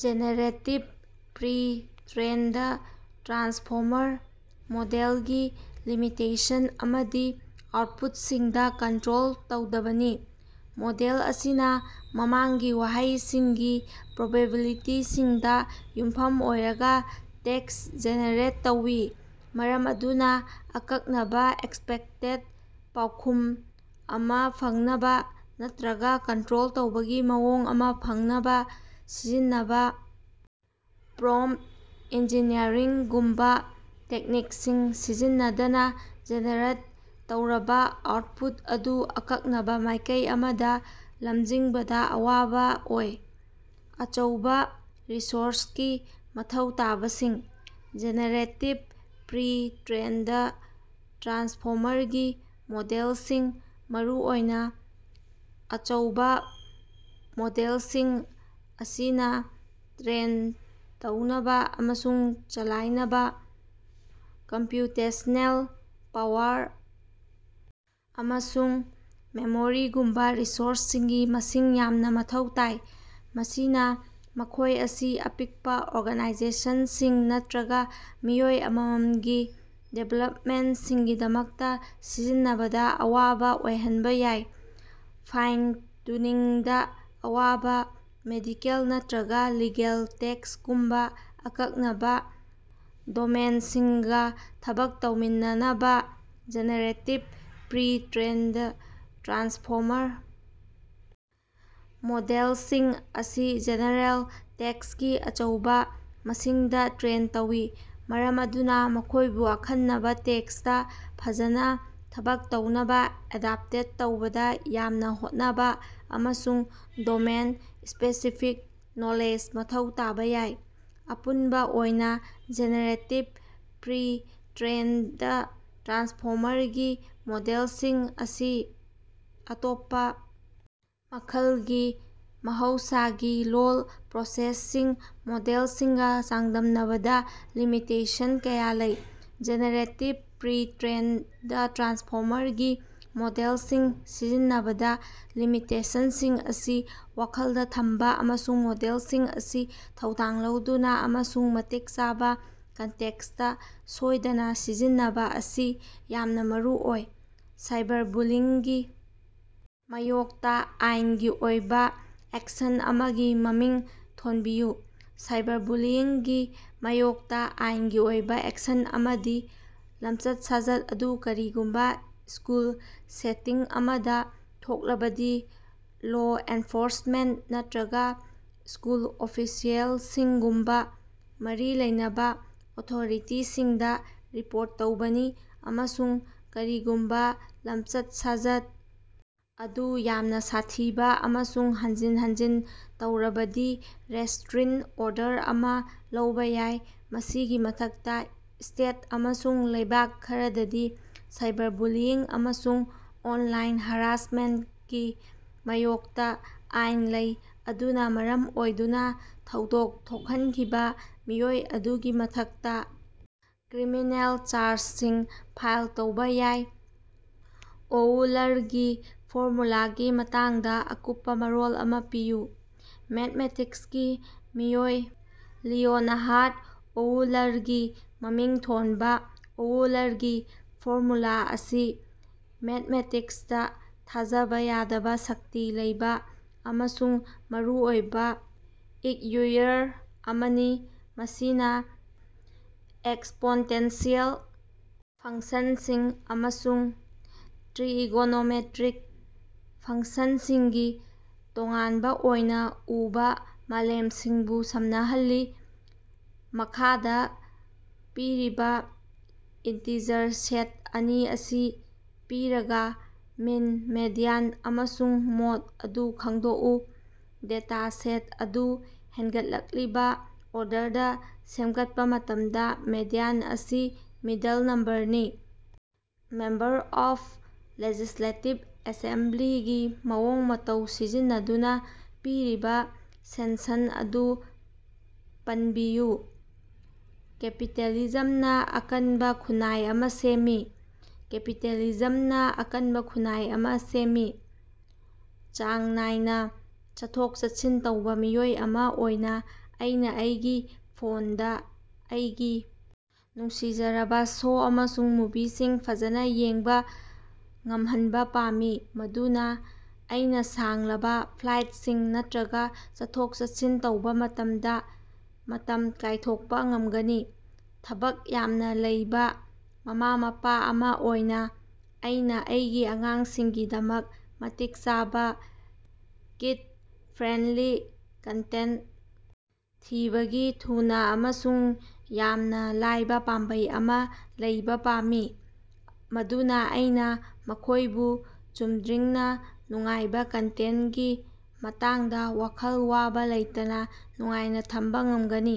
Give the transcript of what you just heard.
Generative pre-trained transformer ꯃꯣꯗꯦꯜꯒꯤ limitation ꯑꯃꯗꯤ ꯑꯥꯎꯠꯄꯨꯠꯁꯤꯡꯗ ꯀꯟꯇ꯭ꯔꯣꯜ ꯇꯧꯗꯕꯅꯤ꯫ ꯃꯣꯗꯦꯜ ꯑꯁꯤꯅ ꯃꯃꯥꯡꯒꯤ ꯋꯥꯍꯩꯁꯤꯡꯒꯤ ꯄ꯭ꯔꯣꯕꯤꯕꯤꯂꯤꯇꯤꯁꯤꯡꯗ ꯌꯨꯝꯐꯝ ꯑꯣꯏꯔꯒ ꯇꯦꯛꯁ ꯖꯦꯅꯦꯔꯦꯠ ꯇꯧꯏ ꯃꯔꯝ ꯑꯗꯨꯅ ꯑꯀꯛꯅꯕ ꯑꯦꯛꯁꯄꯦꯛꯇꯦꯗ ꯄꯥꯎꯈꯨꯝ ꯑꯃ ꯐꯪꯅꯕ ꯅꯠꯇ꯭ꯔꯒ ꯀꯟꯇ꯭ꯔꯣꯜ ꯇꯧꯕꯒꯤ ꯃꯑꯣꯡ ꯑꯃ ꯐꯪꯅꯕ ꯁꯤꯖꯤꯟꯅꯕ ꯄ꯭ꯔꯣꯝꯄꯇ ꯏꯟꯖꯤꯅ꯭ꯌꯔꯤꯡ ꯒꯨꯝꯕ ꯇꯦꯛꯅꯤꯛꯁꯤꯡ ꯁꯤꯖꯤꯟꯅꯗꯅ ꯖꯦꯅꯦꯔꯦꯠ ꯇꯧꯔꯕ ꯑꯥꯎꯠꯄꯨꯠ ꯑꯗꯨ ꯑꯀꯛꯅꯕ ꯃꯥꯏꯀꯩ ꯑꯃꯗ ꯂꯝꯖꯤꯡꯕꯗ ꯑꯋꯥꯕ ꯑꯣꯏ꯫ ꯑꯆꯧꯕ ꯔꯤꯁꯣꯔꯁꯀꯤ ꯃꯊꯧ ꯇꯥꯕꯁꯤꯡ: ꯖꯦꯅꯦꯔꯦꯇꯤꯚ ꯄ꯭ꯔꯤ-ꯇ꯭ꯔꯦꯟꯗ ꯇ꯭ꯔꯥꯟꯁꯐꯣꯃꯔꯒꯤ ꯃꯣꯗꯦꯜꯁꯤꯡ, ꯃꯔꯨꯑꯣꯏꯅ ꯑꯆꯧꯕ ꯃꯣꯗꯦꯜꯁꯤꯡ ꯑꯁꯤꯅ ꯇ꯭ꯔꯦꯟ ꯇꯧꯅꯕ ꯑꯃꯁꯨꯡ ꯆꯂꯥꯏꯅꯕ ꯀꯝꯄ꯭ꯌꯨꯇꯦꯁ꯭ꯅꯦꯜ ꯄꯥꯋꯔ ꯑꯃꯁꯨꯡ ꯃꯦꯃꯣꯔꯤꯒꯨꯝꯕ ꯔꯤꯁꯣꯔꯁꯁꯤꯡꯒꯤ ꯃꯁꯤꯡ ꯌꯥꯝꯅ ꯃꯊꯧ ꯇꯥꯏ꯫ ꯃꯁꯤꯅ ꯃꯈꯣꯏ ꯑꯁꯤ ꯑꯄꯤꯛꯄ ꯑꯣꯔꯒꯅꯥꯏꯖꯦꯁꯟꯁꯤꯡ ꯅꯠꯇ꯭ꯔꯒ ꯃꯤꯑꯣꯏ ꯑꯃꯃꯝꯒꯤ ꯗꯤꯚꯦꯂꯞꯃꯦꯟꯁꯤꯡꯒꯤꯗꯃꯛꯇ ꯁꯤꯖꯤꯟꯅꯕꯗ ꯑꯋꯥꯕ ꯑꯣꯏꯍꯟꯕ ꯌꯥꯏ꯫ ꯐꯥꯏꯟ-ꯇꯨꯅꯤꯡꯗ ꯑꯋꯥꯕ: ꯃꯦꯗꯤꯀꯦꯜ ꯅꯠꯇ꯭ꯔꯒ ꯂꯤꯒꯦꯜ ꯇꯦꯛꯁꯒꯨꯝꯕ ꯑꯀꯛꯅꯕ ꯗꯣꯃꯦꯏꯟꯁꯤꯡꯒ ꯊꯕꯛ ꯇꯧꯃꯤꯟꯅꯅꯕ ꯖꯦꯅꯦꯔꯦꯇꯤꯚ ꯄ꯭ꯔꯤ-ꯇ꯭ꯔꯦꯟꯗ ꯇ꯭ꯔꯥꯟꯁꯐꯣꯃꯔ ꯃꯣꯗꯦꯜꯁꯤꯡ ꯑꯁꯤ ꯖꯦꯅꯦꯔꯦꯜ ꯇꯦꯛꯁꯀꯤ ꯑꯆꯧꯕ ꯃꯁꯤꯡꯗꯥꯇ꯭ꯔꯦꯟ ꯇꯧꯏ, ꯃꯔꯝ ꯑꯗꯨꯅ ꯃꯈꯣꯏꯕꯨ ꯑꯈꯟꯅꯕ ꯇꯦꯛꯁꯇ ꯐꯖꯅ ꯊꯕꯛ ꯇꯧꯅꯕ ꯑꯦꯗꯥꯞꯇꯦꯠ ꯇꯧꯕꯗ ꯌꯥꯝꯅ ꯍꯣꯠꯅꯕ ꯑꯃꯁꯨꯡ ꯗꯣꯃꯦꯟ-ꯁ꯭ꯄꯦꯁꯤꯐꯤꯛ ꯅꯣꯂꯦꯖ ꯃꯊꯧ ꯇꯥꯕ ꯌꯥꯏ꯫ ꯑꯄꯨꯟꯕ ꯑꯣꯏꯅ ꯖꯦꯅꯦꯔꯦꯇꯤꯚ ꯄ꯭ꯔꯤ-ꯇ꯭ꯔꯦꯟꯗ ꯇ꯭ꯔꯥꯟꯁꯐꯣꯃꯔꯒꯤ ꯃꯣꯗꯦꯜꯁꯤꯡ ꯑꯁꯤ ꯑꯇꯣꯞꯄ ꯃꯈꯜꯒꯤ ꯃꯍꯧꯁꯥꯒꯤ ꯂꯣꯜ ꯄ꯭ꯔꯣꯁꯦꯁꯤꯡ ꯃꯣꯗꯦꯜꯁꯤꯡꯒ ꯆꯥꯡꯗꯝꯅꯕꯗ ꯂꯤꯃꯤꯇꯦꯁꯟ ꯀꯌꯥ ꯂꯩ꯫ ꯖꯦꯅꯦꯔꯦꯇꯤꯚ ꯄ꯭ꯔꯤ-ꯇ꯭ꯔꯦꯟꯗ ꯇ꯭ꯔꯥꯟꯁꯐꯣꯃꯔꯒꯤ ꯃꯣꯗꯦꯜꯁꯤꯡ ꯁꯤꯖꯤꯟꯅꯕꯗ ꯂꯤꯃꯤꯇꯦꯁꯟꯁꯤꯡ ꯑꯁꯤ ꯋꯥꯈꯜꯗ ꯊꯝꯕ ꯑꯃꯁꯨꯡ ꯃꯣꯗꯦꯜꯁꯤꯡ ꯑꯁꯤ ꯊꯧꯗꯥꯡ ꯂꯧꯗꯨꯅ ꯑꯃꯁꯨꯡ ꯃꯇꯤꯛ ꯆꯥꯕ ꯀꯟꯇꯦꯛꯁꯇ ꯁꯣꯏꯗꯅ ꯁꯤꯖꯤꯟꯅꯕ ꯑꯁꯤ ꯌꯥꯝꯅ ꯃꯔꯨꯑꯣꯏ꯫ ꯁꯥꯏꯕꯔꯕꯨꯂꯤꯌꯤꯡꯒꯤ ꯃꯥꯌꯣꯛꯇ ꯑꯥꯏꯟꯒꯤ ꯑꯣꯏꯕ ꯑꯦꯛꯁꯟ ꯑꯃꯒꯤ ꯃꯃꯤꯡ ꯊꯣꯟꯕꯤꯌꯨ꯫ ꯁꯥꯏꯕꯔꯕꯨꯂꯤꯌꯤꯡꯒꯤ ꯃꯥꯌꯣꯛꯇ ꯑꯥꯏꯟꯒꯤ ꯑꯣꯏꯕ ꯑꯦꯛꯁꯟ ꯑꯃꯗꯤ, ꯂꯝꯆꯠ-ꯁꯥꯖꯠ ꯑꯗꯨ ꯀꯔꯤꯒꯨꯝꯕ ꯁ꯭ꯀꯨꯜ ꯁꯦꯇꯤꯡ ꯑꯃꯗ ꯊꯣꯛꯂꯕꯗꯤ ꯂꯣ ꯑꯦꯟꯐꯣꯔꯁꯃꯦꯟꯇ ꯅꯠꯇ꯭ꯔꯒ ꯁ꯭ꯀꯨꯜ ꯑꯣꯐꯤꯁꯤꯑꯦꯜꯁꯤꯡꯒꯨꯝꯕ ꯃꯔꯤ ꯂꯩꯅꯕ ꯑꯣꯊꯣꯔꯤꯇꯤꯁꯤꯡꯗ ꯔꯤꯄꯣꯔꯠ ꯇꯧꯕꯅꯤ ꯑꯃꯁꯨꯡ ꯀꯔꯤꯒꯨꯝꯕ ꯂꯝꯆꯠ-ꯁꯥꯖꯠ ꯑꯗꯨ ꯌꯥꯝꯅ ꯁꯥꯊꯤꯕ ꯑꯃꯁꯨꯡ ꯍꯟꯖꯤꯟ ꯍꯟꯖꯤꯟ ꯇꯧꯔꯕꯗꯤ ꯔꯦꯁꯇ꯭ꯔꯤꯟ ꯑꯣꯔꯗꯔ ꯑꯃ ꯂꯧꯕ ꯌꯥꯏ꯫ ꯃꯁꯤꯒꯤ ꯃꯊꯛꯇ, ꯁ꯭ꯇꯦꯠ ꯑꯃꯁꯨꯡ ꯂꯩꯕꯥꯛ ꯈꯔꯗꯗꯤ ꯁꯥꯏꯕꯔꯕꯨꯂꯤꯌꯤꯡ ꯑꯃꯁꯨꯡ ꯑꯣꯟꯂꯥꯏꯟ ꯍꯔꯥꯁꯃꯦꯟꯇꯀꯤ ꯃꯥꯌꯣꯛꯇ ꯑꯥꯏꯟ ꯂꯩ, ꯃꯗꯨꯅ ꯃꯔꯝ ꯑꯣꯏꯗꯨꯅ ꯊꯧꯗꯣꯛ ꯊꯣꯛꯍꯟꯈꯤꯕ ꯃꯤꯑꯣꯏ ꯑꯗꯨꯒꯤ ꯃꯊꯛꯇ ꯀ꯭ꯔꯤꯃꯤꯅꯦꯜ ꯆꯥꯔꯖꯁꯤꯡ ꯐꯥꯏꯜ ꯇꯧꯕ ꯌꯥꯏ꯫ ꯑꯣꯎꯂꯔꯒꯤ ꯐꯣꯔꯃꯨꯂꯥꯒꯤ ꯃꯇꯥꯡꯗ ꯑꯀꯨꯞꯄ ꯃꯔꯣꯜ ꯑꯃ ꯄꯤꯌꯨ꯫ ꯃꯦꯊꯃꯦꯇꯤꯛꯁꯀꯤ ꯃꯤꯑꯣꯏ ꯂꯤꯑꯣꯅꯍꯥꯔꯗ ꯑꯣꯎꯂꯔꯒꯤ ꯃꯃꯤꯡ ꯊꯣꯟꯕ ꯑꯣꯎꯂꯔꯒꯤ ꯐꯣꯔꯃꯨꯂꯥ ꯑꯁꯤ ꯃꯦꯊꯃꯦꯇꯤꯛꯁꯇ ꯊꯥꯖꯕ ꯌꯥꯗꯕ ꯁꯛꯇꯤ ꯂꯩꯕ ꯑꯃꯁꯨꯡ ꯃꯔꯨ ꯑꯣꯏꯕ ꯏꯛꯌꯨꯏꯌꯔ ꯑꯃꯅꯤ ꯃꯁꯤꯅ ꯑꯦꯛꯁꯄꯣꯟꯇꯦꯟꯁꯤꯑꯦꯜ ꯐꯪꯁꯟꯁꯤꯡ ꯑꯃꯁꯨꯡ ꯇ꯭ꯔꯤꯏꯒꯣꯅꯣꯃꯦꯇ꯭ꯔꯤꯛ ꯐꯪꯁꯅꯁꯤꯡꯒꯤ ꯇꯣꯉꯥꯟꯕ ꯑꯣꯏꯅ ꯎꯕ ꯃꯥꯂꯦꯝꯁꯤꯡꯕꯨ ꯁꯝꯅꯍꯜꯂꯤ꯫ ꯃꯈꯥꯗ ꯄꯤꯔꯤꯕ ꯏꯟꯇꯤꯖꯔ ꯁꯦꯠ ꯑꯅꯤ ꯑꯁꯤ ꯄꯤꯔꯒ, ꯃꯤꯟ, ꯃꯦꯗꯤꯌꯟ ꯑꯃꯁꯨꯡ ꯃꯣꯗ ꯑꯗꯨ ꯈꯪꯗꯣꯛꯎ꯫ ꯗꯦꯇꯥ ꯁꯦꯠ ꯑꯗꯨ ꯍꯦꯟꯒꯠꯂꯛꯂꯤꯕ ꯑꯣꯔꯗꯔꯗ ꯁꯦꯝꯒꯠꯄ ꯃꯇꯝꯗ ꯃꯦꯗꯤꯌꯟ ꯑꯁꯤ ꯃꯤꯗꯜ ꯅꯝꯕꯔꯅꯤ꯫ ꯃꯦꯝꯕꯔ ꯑꯣꯐ ꯂꯦꯖꯤꯁꯂꯦꯇꯤꯚ ꯑꯦꯁꯦꯝꯕ꯭ꯂꯤ ꯒꯤ ꯃꯑꯣꯡ ꯃꯇꯧ ꯁꯤꯖꯤꯟꯅꯗꯨꯅ ꯄꯤꯔꯤꯕ ꯁꯦꯟꯁꯟ ꯑꯗꯨ ꯄꯟꯕꯤꯌꯨ꯫ ꯀꯦꯄꯤꯇꯦꯂꯤꯖꯝꯅ ꯑꯀꯟꯕ ꯈꯨꯟꯅꯥꯏ ꯑꯃꯥ ꯁꯦꯝꯃꯤ꯫ ꯀꯦꯄꯤꯇꯦꯂꯤꯖꯝꯅ ꯑꯀꯟꯕ ꯈꯨꯟꯅꯥꯏ ꯑꯃ ꯁꯦꯝꯃꯤ꯫ ꯆꯥꯡ ꯅꯥꯏꯅ ꯆꯠꯊꯣꯛ-ꯆꯠꯁꯤꯟ ꯇꯧꯕ ꯃꯤꯑꯣꯏ ꯑꯃ ꯑꯣꯏꯅ ꯑꯩꯅ ꯑꯩꯒꯤ ꯐꯣꯟꯗ ꯑꯩꯒꯤ ꯅꯨꯡꯁꯤꯖꯔꯕ ꯁꯣ ꯑꯃꯁꯨꯡ ꯃꯨꯚꯤꯁꯤꯡ ꯐꯖꯅ ꯌꯦꯡꯕ ꯉꯝꯍꯟꯕ ꯄꯥꯝꯃꯤ, ꯃꯗꯨꯅ ꯑꯩꯅ ꯁꯥꯡꯂꯕ ꯐ꯭ꯂꯥꯏꯠꯁꯤꯡ ꯅꯠꯇ꯭ꯔꯒ ꯆꯠꯊꯣꯛ-ꯆꯠꯁꯤꯟ ꯇꯧꯕ ꯃꯇꯝꯗ ꯃꯇꯝ ꯀꯥꯏꯊꯣꯛꯄ ꯉꯝꯒꯅꯤ ꯫ ꯊꯕꯛ ꯌꯥꯝꯅ ꯂꯩꯕ ꯃꯃꯥ-ꯃꯄꯥ ꯑꯃ ꯑꯣꯏꯅ ꯑꯩꯅ ꯑꯩꯒꯤ ꯑꯉꯥꯡꯁꯤꯡꯒꯤꯗꯃꯛ ꯃꯇꯤꯛ ꯆꯥꯕ, ꯀꯤꯗ-ꯐ꯭ꯔꯦꯟꯗꯂꯤ ꯀꯟꯇꯦꯟꯇ ꯊꯤꯕꯒꯤ ꯊꯨꯅ ꯑꯃꯁꯨꯡ ꯌꯥꯝꯅ ꯂꯥꯏꯕ ꯄꯥꯝꯕꯩ ꯑꯃ ꯂꯩꯕ ꯄꯥꯝꯃꯤ, ꯃꯗꯨꯅ ꯑꯩꯅ ꯃꯈꯣꯏꯕꯨ ꯆꯨꯝꯗ꯭ꯔꯤꯡꯅ ꯅꯨꯡꯉꯥꯏꯕ ꯀꯟꯇꯦꯟꯇꯀꯤ ꯃꯇꯥꯡꯗ ꯋꯥꯈꯜ ꯋꯥꯕ ꯂꯩꯇꯅ ꯅꯨꯡꯉꯥꯏꯅ ꯊꯝꯕ ꯉꯝꯒꯅꯤ꯫